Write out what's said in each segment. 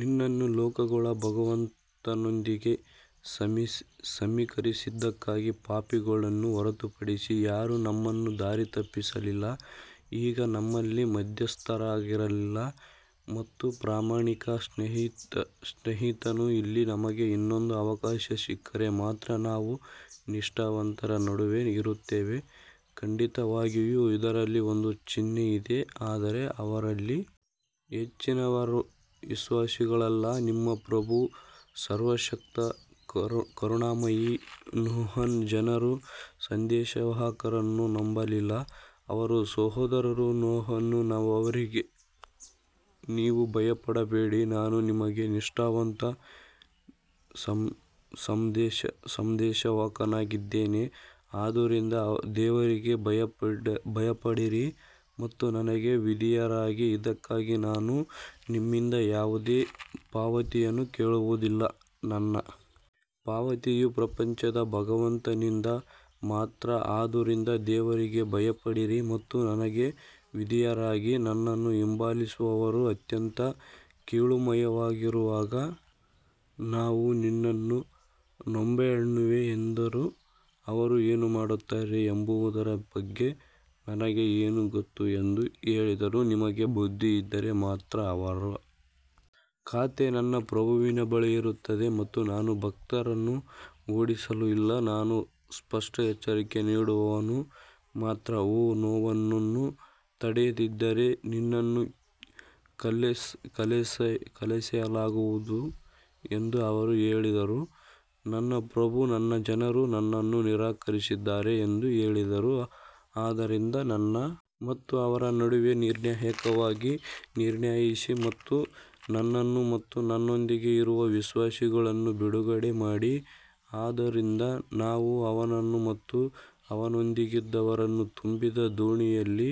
ನಿನ್ನನ್ನು ಲೋಕಗಳ ಭಗವಂತನೊಂದಿಗೆ ಸಮೀಕರಿಸಿದ್ದಕ್ಕಾಗಿ ಪಾಪಿಗಳನ್ನು ಹೊರತುಪಡಿಸಿ ಯಾರೂ ನಮ್ಮನ್ನು ದಾರಿ ತಪ್ಪಿಸಲಿಲ್ಲ ಈಗ ನಮ್ಮಲ್ಲಿ ಮಧ್ಯಸ್ಥಗಾರರಿಲ್ಲ ಮತ್ತು ಪ್ರಾಮಾಣಿಕ ಸ್ನೇಹಿತನೂ ಇಲ್ಲ ನಮಗೆ ಇನ್ನೊಂದು ಅವಕಾಶ ಸಿಕ್ಕರೆ ಮಾತ್ರ ನಾವು ನಿಷ್ಠಾವಂತರ ನಡುವೆ ಇರುತ್ತೇವೆ ಖಂಡಿತವಾಗಿಯೂ ಇದರಲ್ಲಿ ಒಂದು ಚಿಹ್ನೆ ಇದೆ ಆದರೆ ಅವರಲ್ಲಿ ಹೆಚ್ಚಿನವರು ವಿಶ್ವಾಸಿಗಳಲ್ಲ ನಿಮ್ಮ ಪ್ರಭು ಸರ್ವಶಕ್ತ ಕರುಣಾಮಯಿ ನೂಹನ ಜನರು ಸಂದೇಶವಾಹಕರನ್ನು ನಂಬಲಿಲ್ಲ ಅವರ ಸಹೋದರ ನೋಹನು ಅವರಿಗೆ ನೀವು ಭಯಪಡಬೇಡಿ ನಾನು ನಿಮಗೆ ನಿಷ್ಠಾವಂತ ಸಂದೇಶವಾಹಕನಾಗಿದ್ದೇನೆ ಆದುದರಿಂದ ದೇವರಿಗೆ ಭಯಪಡಿರಿ ಮತ್ತು ನನಗೆ ವಿಧೇಯರಾಗಿರಿ ಇದಕ್ಕಾಗಿ ನಾನು ನಿಮ್ಮಿಂದ ಯಾವುದೇ ಪಾವತಿಯನ್ನು ಕೇಳುವುದಿಲ್ಲ, ನನ್ನ ಪಾವತಿಯು ಪ್ರಪಂಚದ ಭಗವಂತನಿಂದ ಮಾತ್ರ ಆದುದರಿಂದ ದೇವರಿಗೆ ಭಯಪಡಿರಿ ಮತ್ತು ನನಗೆ ವಿಧೇಯರಾಗಿರಿ ನಿನ್ನನ್ನು ಹಿಂಬಾಲಿಸುವವರು ಅತ್ಯಂತ ಕೀಳುಮಯವಾಗಿರುವಾಗ ನಾವು ನಿನ್ನನ್ನು ನಂಬೋಣವೇ ಎಂದರು ಅವರು ಏನು ಮಾಡುತ್ತಾರೆ ಎಂಬುದರ ಬಗ್ಗೆ ನನಗೆ ಏನು ಗೊತ್ತು ಎಂದು ಹೇಳಿದರು ನಿಮಗೆ ಬುದ್ಧಿ ಇದ್ದರೆ ಮಾತ್ರ ಅವರ ಖಾತೆ ನನ್ನ ಪ್ರಭುವಿನ ಬಳಿ ಇರುತ್ತದೆ ಮತ್ತು ನಾನು ಭಕ್ತರನ್ನು ಓಡಿಸಲು ಇಲ್ಲ ನಾನು ಸ್ಪಷ್ಟ ಎಚ್ಚರಿಕೆ ನೀಡುವವನು ಮಾತ್ರ ಓ ನೋಹನನ್ನು ತಡೆಯದಿದ್ದರೆ ನಿನ್ನನ್ನು ಕಲ್ಲೆಸೆಯಲಾಗುವುದು ಎಂದು ಅವರು ಹೇಳಿದರು ನನ್ನ ಪ್ರಭು ನನ್ನ ಜನರು ನನ್ನನ್ನು ನಿರಾಕರಿಸಿದ್ದಾರೆ ಎಂದು ಹೇಳಿದರು ಆದ್ದರಿಂದ ನನ್ನ ಮತ್ತು ಅವರ ನಡುವೆ ನಿರ್ಣಾಯಕವಾಗಿ ನಿರ್ಣಯಿಸಿ ಮತ್ತು ನನ್ನನ್ನು ಮತ್ತು ನನ್ನೊಂದಿಗೆ ಇರುವ ವಿಶ್ವಾಸಿಗಳನ್ನು ಬಿಡುಗಡೆ ಮಾಡಿ ಆದ್ದರಿಂದ ನಾವು ಅವನನ್ನು ಮತ್ತು ಅವನೊಂದಿಗಿದ್ದವರನ್ನು ತುಂಬಿದ ದೋಣಿಯಲ್ಲಿ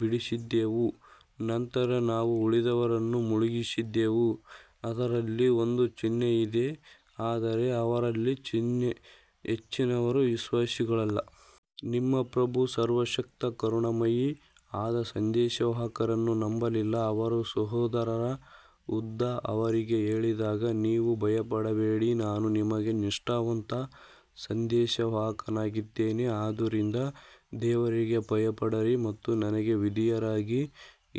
ಬಿಡಿಸಿದೆವು ನಂತರ ನಾವು ಉಳಿದವರನ್ನು ಮುಳುಗಿಸಿದೆವು ಅದರಲ್ಲಿ ಒಂದು ಚಿಹ್ನೆ ಇದೆ ಆದರೆ ಅವರಲ್ಲಿ ಹೆಚ್ಚಿನವರು ವಿಶ್ವಾಸಿಗಳಲ್ಲ ನಿಮ್ಮ ಪ್ರಭು ಸರ್ವಶಕ್ತ ಕರುಣಾಮಯಿ ಆದ್ ಸಂದೇಶವಾಹಕರನ್ನು ನಂಬಲಿಲ್ಲ ಅವರ ಸಹೋದರ ಹುದ್ ಅವರಿಗೆ ಹೇಳಿದಾಗ ನೀವು ಭಯಪಡಬೇಡಿ ನಾನು ನಿಮಗೆ ನಿಷ್ಠಾವಂತ ಸಂದೇಶವಾಹಕನಾಗಿದ್ದೇನೆ ಆದುದರಿಂದ ದೇವರಿಗೆ ಭಯಪಡಿರಿ ಮತ್ತು ನನಗೆ ವಿಧೇಯರಾಗಿರಿ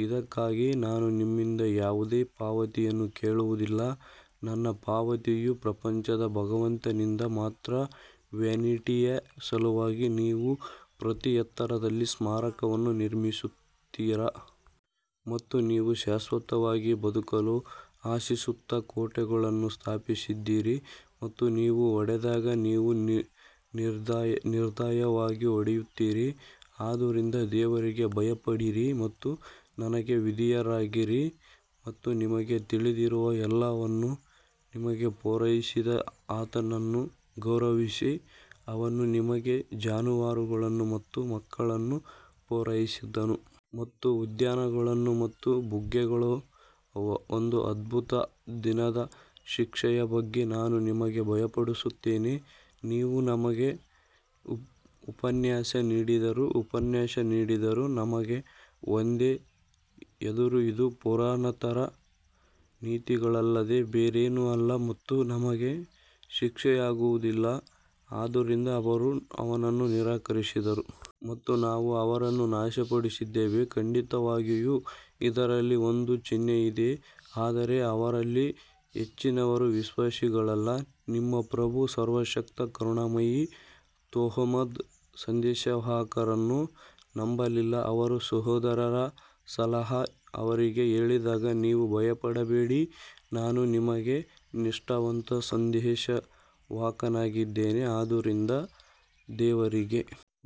ಇದಕ್ಕಾಗಿ ನಾನು ನಿಮ್ಮಿಂದ ಯಾವುದೇ ಪಾವತಿಯನ್ನು ಕೇಳುವುದಿಲ್ಲ, ನನ್ನ ಪಾವತಿಯು ಪ್ರಪಂಚದ ಭಗವಂತನಿಂದ ಮಾತ್ರ ವ್ಯಾನಿಟಿಯ ಸಲುವಾಗಿ ನೀವು ಪ್ರತಿ ಎತ್ತರದಲ್ಲಿ ಸ್ಮಾರಕವನ್ನು ನಿರ್ಮಿಸುತ್ತೀರಾ? ಮತ್ತು ನೀವು ಶಾಶ್ವತವಾಗಿ ಬದುಕಲು ಆಶಿಸುತ್ತಾ ಕೋಟೆಗಳನ್ನು ಸ್ಥಾಪಿಸಿದ್ದೀರಿ ಮತ್ತು ನೀವು ಹೊಡೆದಾಗ ನೀವು ನಿರ್ದಯವಾಗಿ ಹೊಡೆಯುತ್ತೀರಿ ಆದುದರಿಂದ ದೇವರಿಗೆ ಭಯಪಡಿರಿ ಮತ್ತು ನನಗೆ ವಿಧೇಯರಾಗಿರಿ ಮತ್ತು ನಿಮಗೆ ತಿಳಿದಿರುವ ಎಲ್ಲವನ್ನೂ ನಿಮಗೆ ಪೂರೈಸಿದ ಆತನನ್ನು ಗೌರವಿಸಿ ಅವನು ನಿಮಗೆ ಜಾನುವಾರುಗಳನ್ನು ಮತ್ತು ಮಕ್ಕಳನ್ನು ಪೂರೈಸಿದನು ಮತ್ತು ಉದ್ಯಾನಗಳು ಮತ್ತು ಬುಗ್ಗೆಗಳು ಒಂದು ಅದ್ಭುತ ದಿನದ ಶಿಕ್ಷೆಯ ಬಗ್ಗೆ ನಾನು ನಿಮಗೆ ಭಯಪಡುತ್ತೇನೆ ನೀವು ನಮಗೆ ಉಪನ್ಯಾಸ ನೀಡಿದರೂ, ಉಪನ್ಯಾಸ ನೀಡದಿದ್ದರೂ ನಮಗೆ ಒಂದೇ ಎಂದರು ಇದು ಪುರಾತನರ ನೀತಿಗಳಲ್ಲದೆ ಬೇರೇನೂ ಅಲ್ಲ ಮತ್ತು ನಮಗೆ ಶಿಕ್ಷೆಯಾಗುವುದಿಲ್ಲ ಆದ್ದರಿಂದ ಅವರು ಅವನನ್ನು ನಿರಾಕರಿಸಿದರು ಮತ್ತು ನಾವು ಅವರನ್ನು ನಾಶಪಡಿಸಿದ್ದೇವೆ ಖಂಡಿತವಾಗಿಯೂ ಇದರಲ್ಲಿ ಒಂದು ಚಿಹ್ನೆ ಇದೆ ಆದರೆ ಅವರಲ್ಲಿ ಹೆಚ್ಚಿನವರು ವಿಶ್ವಾಸಿಗಳಲ್ಲ ನಿಮ್ಮ ಪ್ರಭು ಸರ್ವಶಕ್ತ ಕರುಣಾಮಯಿ ತಮೂದ್ ಸಂದೇಶವಾಹಕರನ್ನು ನಂಬಲಿಲ್ಲ ಅವರ ಸಹೋದರ ಸಲೇಹ್ ಅವರಿಗೆ ಹೇಳಿದಾಗ ನೀವು ಭಯಪಡಬೇಡಿ ನಾನು ನಿಮಗೆ ನಿಷ್ಠಾವಂತ ಸಂದೇಶವಾಹಕನಾಗಿದ್ದೇನೆ ಆದುದರಿಂದ ದೇವರಿಗೆ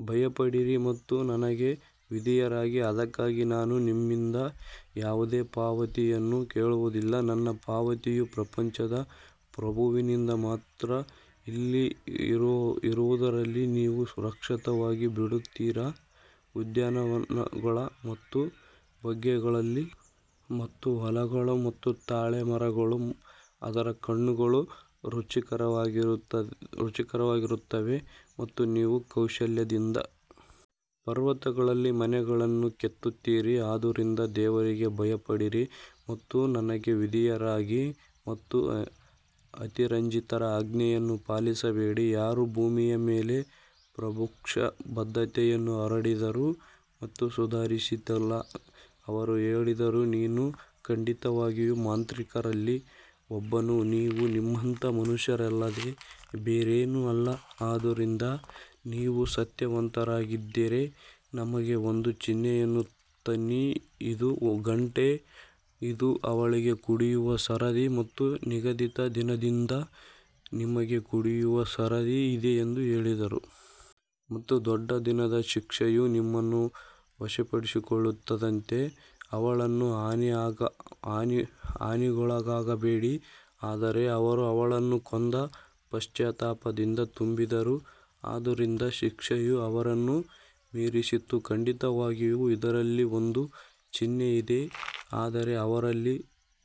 ಭಯಪಡಿರಿ ಮತ್ತು ನನಗೆ ವಿಧೇಯರಾಗಿರಿ ಅದಕ್ಕಾಗಿ ನಾನು ನಿಮ್ಮಿಂದ ಯಾವುದೇ ಪಾವತಿಯನ್ನು ಕೇಳುವುದಿಲ್ಲ, ನನ್ನ ಪಾವತಿಯು ಪ್ರಪಂಚದ ಪ್ರಭುವಿನಿಂದ ಮಾತ್ರ ಇಲ್ಲಿರುವದರಲ್ಲಿ ನೀವು ಸುರಕ್ಷಿತವಾಗಿ ಬಿಡುತ್ತೀರಾ ಉದ್ಯಾನಗಳು ಮತ್ತು ಬುಗ್ಗೆಗಳಲ್ಲಿ ಮತ್ತು ಹೊಲಗಳು ಮತ್ತು ತಾಳೆ ಮರಗಳು ಅದರ ಹಣ್ಣುಗಳು ರುಚಿಕರವಾಗಿರುತ್ತವೆ ಮತ್ತು ನೀವು ಕೌಶಲ್ಯದಿಂದ ಪರ್ವತಗಳಲ್ಲಿ ಮನೆಗಳನ್ನು ಕೆತ್ತುತ್ತೀರಿ ಆದುದರಿಂದ ದೇವರಿಗೆ ಭಯಪಡಿರಿ ಮತ್ತು ನನಗೆ ವಿಧೇಯರಾಗಿರಿ ಮತ್ತು ಅತಿರಂಜಿತರ ಆಜ್ಞೆಯನ್ನು ಪಾಲಿಸಬೇಡಿ ಯಾರು ಭೂಮಿಯ ಮೇಲೆ ಪ್ರಕ್ಷುಬ್ಧತೆಯನ್ನು ಹರಡಿದರು ಮತ್ತು ಸುಧಾರಿಸುವುದಿಲ್ಲ ಅವರು ಹೇಳಿದರು, ನೀನು ಖಂಡಿತವಾಗಿಯೂ ಮಾಂತ್ರಿಕರಲ್ಲಿ ಒಬ್ಬನು ನೀವು ನಮ್ಮಂತಹ ಮನುಷ್ಯರಲ್ಲದೆ ಬೇರೇನೂ ಅಲ್ಲ ಆದ್ದರಿಂದ ನೀವು ಸತ್ಯವಂತರಾಗಿದ್ದರೆ ನಮಗೆ ಒಂದು ಚಿಹ್ನೆಯನ್ನು ತನ್ನಿ ಇದು ಒಂಟೆ ಇದು ಅವಳಿಗೆ ಕುಡಿಯುವ ಸರದಿ ಮತ್ತು ನಿಗದಿತ ದಿನದಂದು ನಿಮಗೆ ಕುಡಿಯುವ ಸರದಿ ಇದೆ ಎಂದು ಹೇಳಿದರು. ಮತ್ತು ದೊಡ್ಡ ದಿನದ ಶಿಕ್ಷೆಯು ನಿಮ್ಮನ್ನು ವಶಪಡಿಸಿಕೊಳ್ಳದಂತೆ ಅವಳನ್ನು ಹಾನಿಗೊಳಗಾಗಬೇಡಿ ಆದರೆ ಅವರು ಅವಳನ್ನು ಕೊಂದು ಪಶ್ಚಾತ್ತಾಪದಿಂದ ತುಂಬಿದರು ಆದ್ದರಿಂದ ಶಿಕ್ಷೆಯು ಅವರನ್ನು ಮೀರಿಸಿತು, ಖಂಡಿತವಾಗಿಯೂ ಇದರಲ್ಲಿ ಒಂದು ಚಿಹ್ನೆ ಇದೆ ಆದರೆ ಅವರಲ್ಲಿ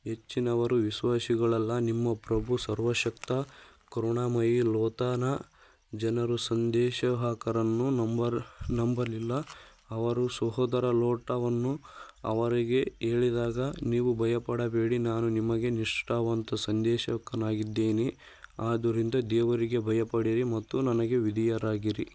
ಹೆಚ್ಚಿನವರು ವಿಶ್ವಾಸಿಗಳಲ್ಲ ನಿಮ್ಮ ಪ್ರಭು ಸರ್ವಶಕ್ತ ಕರುಣಾಮಯಿ ಲೋತ್ ನ ಜನರು ಸಂದೇಶವಾಹಕರನ್ನು ನಂಬಲಿಲ್ಲ ಅವರ ಸಹೋದರ ಲೋಟನು ಅವರಿಗೆ ಹೇಳಿದಾಗ ನೀವು ಭಯಪಡಬೇಡಿ ನಾನು ನಿಮಗೆ ನಿಷ್ಠಾವಂತ ಸಂದೇಶವಾಹಕನಾಗಿದ್ದೇನೆ ಆದುದರಿಂದ ದೇವರಿಗೆ ಭಯಪಡಿರಿ ಮತ್ತು ನನಗೆ ವಿಧೇಯರಾಗಿರಿ.